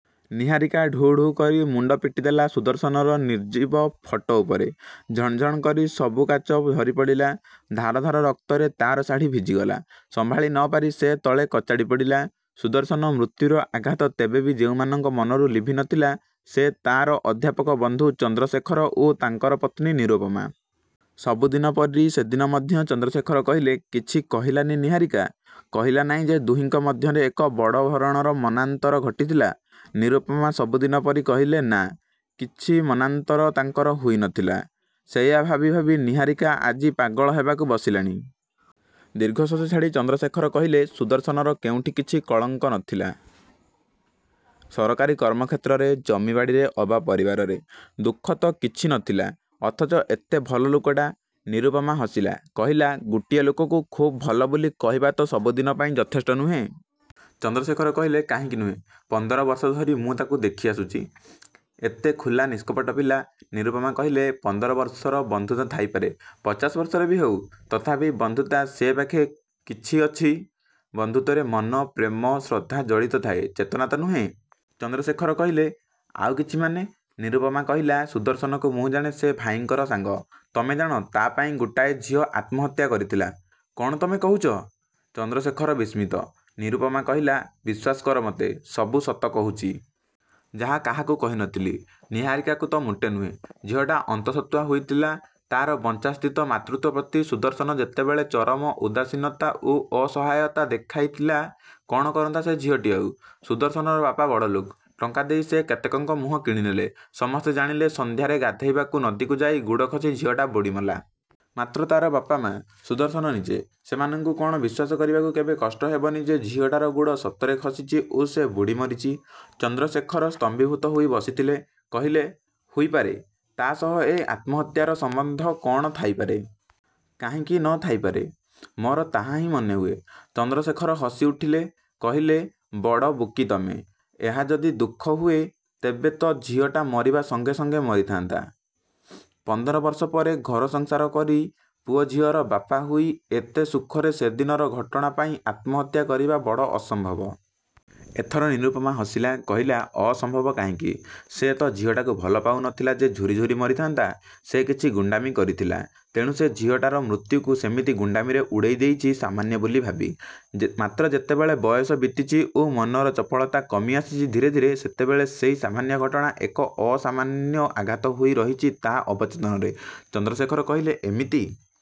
ନିହାରିକା ଢୁ ଢୁ କରି ମୁଣ୍ଡ ପିଟିଦେଲା ସୁଦର୍ଶନର ନିର୍ଜୀବ ଫଟୋ ଉପରେ। ଝଣ ଝଣ କରି ସବୁ କାଚ ଝରିପଡ଼ିଲା। ଧାର ଧାର ରକ୍ତରେ ତାର ଶାଢ଼ି ଭିଜିଗଲା, ସମ୍ଭାଳି ନ ପାରି ସେ ତଳେ କଚାଡ଼ି ପଡ଼ିଲା। ସୁଦର୍ଶନ ମୃତ୍ୟୁର ଆଘାତ ତେବେ ବି ଯେଉଁମାନଙ୍କ ମନରୁ ଲିଭି ନ ଥିଲା, ସେ ତାର ଅଧ୍ୟାପକ ବନ୍ଧୁ ଚନ୍ଦ୍ରଶେଖର ଓ ତାଙ୍କର ପତ୍ନୀ ନିରୁପମା। ସବୁ ଦିନ ପରି ସେଦିନ ମଧ୍ୟ ଚନ୍ଦ୍ରଶେଖର କହିଲେ, "କିଛି କହିଲାନି ନିହାରିକା? କହିଲା ନାଇଁ ଯେ ଦୁହିଁଙ୍କ ମଧ୍ୟରେ ଏକ ବଡ଼ ଧରଣର ମନାନ୍ତର ଘଟିଥିଲା?" ନିରୁପମା ସବୁଦିନ ପରି କହିଲେ, "ନାଁ, କିଛି ମନାନ୍ତର ତାଙ୍କର ହୋଇ ନ ଥିଲା। ସେଇଆ ଭାବି ଭାବି ନିହାରିକା ଆଜି ପାଗଳ ହେବାକୁ ବସିଲାଣି।" ଦୀର୍ଘଶ୍ଵାସ ଛାଡ଼ି ଚନ୍ଦ୍ରଶେଖର କହିଲେ, "ସୁଦର୍ଶନର କେଉଁଠି କିଛି କଳଙ୍କ ନ ଥିଲା। ସରକାରୀ କର୍ମକ୍ଷେତ୍ରରେ, ଜମିବାଡ଼ିରେ ଅବା ପରିବାରରେ, ଦୁଃଖ ତ କିଛି ନ ଥିଲା, ଅଥଚ ଏତେ ଭଲ ଲୋକଟା" ନିରୁପମା ହସିଲା। କହିଲା, "ଗୋଟିଏ ଲୋକକୁ ଖୁବ୍ ଭଲ ବୋଲି କହିବା ତ ସବୁ ଦିନ ପାଇଁ ଯଥେଷ୍ଟ ନୁହେଁ।" ଚନ୍ଦ୍ରଶେଖର କହିଲେ, "କାହିଁକି ନୁହେଁ? ପନ୍ଦର ବର୍ଷ ଧରି ମୁଁ ତାକୁ ଦେଖିଆସୁଚି। ଏତେ ଖୋଲା ନିଷ୍କପଟ ପିଲା"ନିରୁପମା କହିଲା, "ପନ୍ଦର ବର୍ଷର ବନ୍ଧୁତା ଥାଇପାରେ। ପଚାଶ ବର୍ଷର ବି ହେଉ, ତଥାପି ବନ୍ଧୁତା ସେ ପାଖେ କିଛି ଅଛି ବନ୍ଧୁତ୍ୱରେ ମନ, ପ୍ରେମ, ଶ୍ରଦ୍ଧା ଜଡ଼ିତ ଥାଏ, ଚେତନା ତ ନୁହେଁ।" ଚନ୍ଦ୍ରଶେଖର କହିଲେ, "ଆଉ କିଛି ମାନେ?" ନିରୁପମା କହିଲା, "ସୁଦର୍ଶନକୁ ମୁଁ ଜାଣେ ସେ ଭାଇଙ୍କର ସାଙ୍ଗ। ତମେ ଜାଣ, ତା ପାଇଁ ଗୋଟାଏ ଝିଅ ଆତ୍ମହତ୍ୟା କରିଥିଲା?" "କ'ଣ ତମେ କହୁଚ?" ଚନ୍ଦ୍ରଶେଖର ବିସ୍ମିତ। ନିରୁପମା କହିଲା, "ବିଶ୍ଵାସ କର ମତେ, ସବୁ ସତ କହୁଚି। ଯାହା କାହାକୁ କହି ନ ଥିଲି, ନିହାରିକାକୁ ତ ମୋଟେ ନୁହେଁ। ଝିଅଟା ଅନ୍ତଃସତ୍ତ୍ଵା ହୋଇଥିଲା। ତାର ବଞ୍ଚାସ୍ତିତ ମାତୃତ୍ଵ ପ୍ରତି ସୁଦର୍ଶନ ଯେତେବେଳେ ଚରମ ଉଦାସୀନତା ଓ ଅସହାୟତା ଦେଖାଇଲା କ'ଣ କରନ୍ତା ସେ ଝିଅଟି ଆଉ? ସୁଦର୍ଶନର ବାପା ବଡ଼ଲୋକ, ଟଙ୍କା ଦେଇ ସେ କେତେକଙ୍କ ମୁହଁ କିଣିନେଲେ, ସମସ୍ତେ ଜାଣିଲେ ସନ୍ଧ୍ୟାରେ ଗାଧୋଇବାକୁ ନଦୀକୁ ଯାଇ ଗୋଡ଼ ଖସି ଝିଅଟା ବୁଡ଼ିମଲା। ମାତ୍ର ତାର ବାପା, ମା? ସୁଦର୍ଶନ ନିଜେ? ସେମାନଙ୍କୁ କ'ଣ ବିଶ୍ୱାସ କରିବାକୁ କେବେ କଷ୍ଟ ହେବ ନି ଯେ ଝିଅଟାର ଗୋଡ଼ ସତରେ ଖସିଚି ଓ ସେ ବୁଡ଼ି ମରିଚି?" ଚନ୍ଦ୍ରଶେଖର ସ୍ତମ୍ଭୀଭୂତ ହୋଇ ବସିଥିଲେ। କହିଲେ, "ହୋଇପାରେ, ତା' ସହ ଏ ଆତ୍ମହତ୍ୟାର ସମ୍ବନ୍ଧ କ'ଣ ଥାଇପାରେ?" "କାହିଁକି ନ ଥାଇପାରେ? ମୋର ତାହାହିଁ ମନେହୁଏ।" ଚନ୍ଦ୍ରଶେଖର ହସିଉଠିଲେ। କହିଲେ, "ବଡ଼ ବୋକି ତମେ! ଏହା ଯଦି ଦୁଃଖ ହୁଏ, ତେବେ ତ ଝିଅଟା ମରିବା ସଙ୍ଗେ ସଙ୍ଗେ ମରିଥାନ୍ତା। ପନ୍ଦର ବର୍ଷ ପରେ, ଘରସଂସାର କରି, ପୁଅଝିଅର ବାପା ହୋଇ, ଏତେ ସୁଖରେ, ସେଦିନର ଘଟଣା ପାଇଁ ଆତ୍ମହତ୍ୟା କରିବା ବଡ଼ ଅସମ୍ଭବ!" ଏଥର ନିରୁପମା ହସିଲା, କହିଲା, "ଅସମ୍ଭବ କାହିଁକି? ସେ ତ ଝିଅଟାକୁ ଭଲପାଉ ନ ଥିଲା ଯେ ଝୁରି ହେଇ ମରିଥାନ୍ତା! ସେ କିଛି ଗୁଣ୍ଡାମି କରିଥିଲା। ତେଣୁ ସେ ଝିଅଟାର ମୃତ୍ୟୁକୁ ସେମିତି ଗୁଣ୍ଡାମିରେ ଉଡ଼େଇ ଦେଇଚି, ସାମାନ୍ୟ ବୋଲି ଭାବି। ମାତ୍ର ଯେତେବେଳେ ବୟସ ବିତିଚି ଓ ମନର ଚପଳତା କମି ଆସିଚି ଧୀରେ ଧୀରେ, ସେତେବେଳେ ସେଇ ସାମାନ୍ୟ ଘଟଣା, ଏକ ଅସାମାନ୍ୟ ଆଘାତ ହୋଇ ରହିଚି ତାର ଅବଚେତନରେ।"ଚନ୍ଦ୍ରଶେଖର କହିଲେ, "ଏମିତି."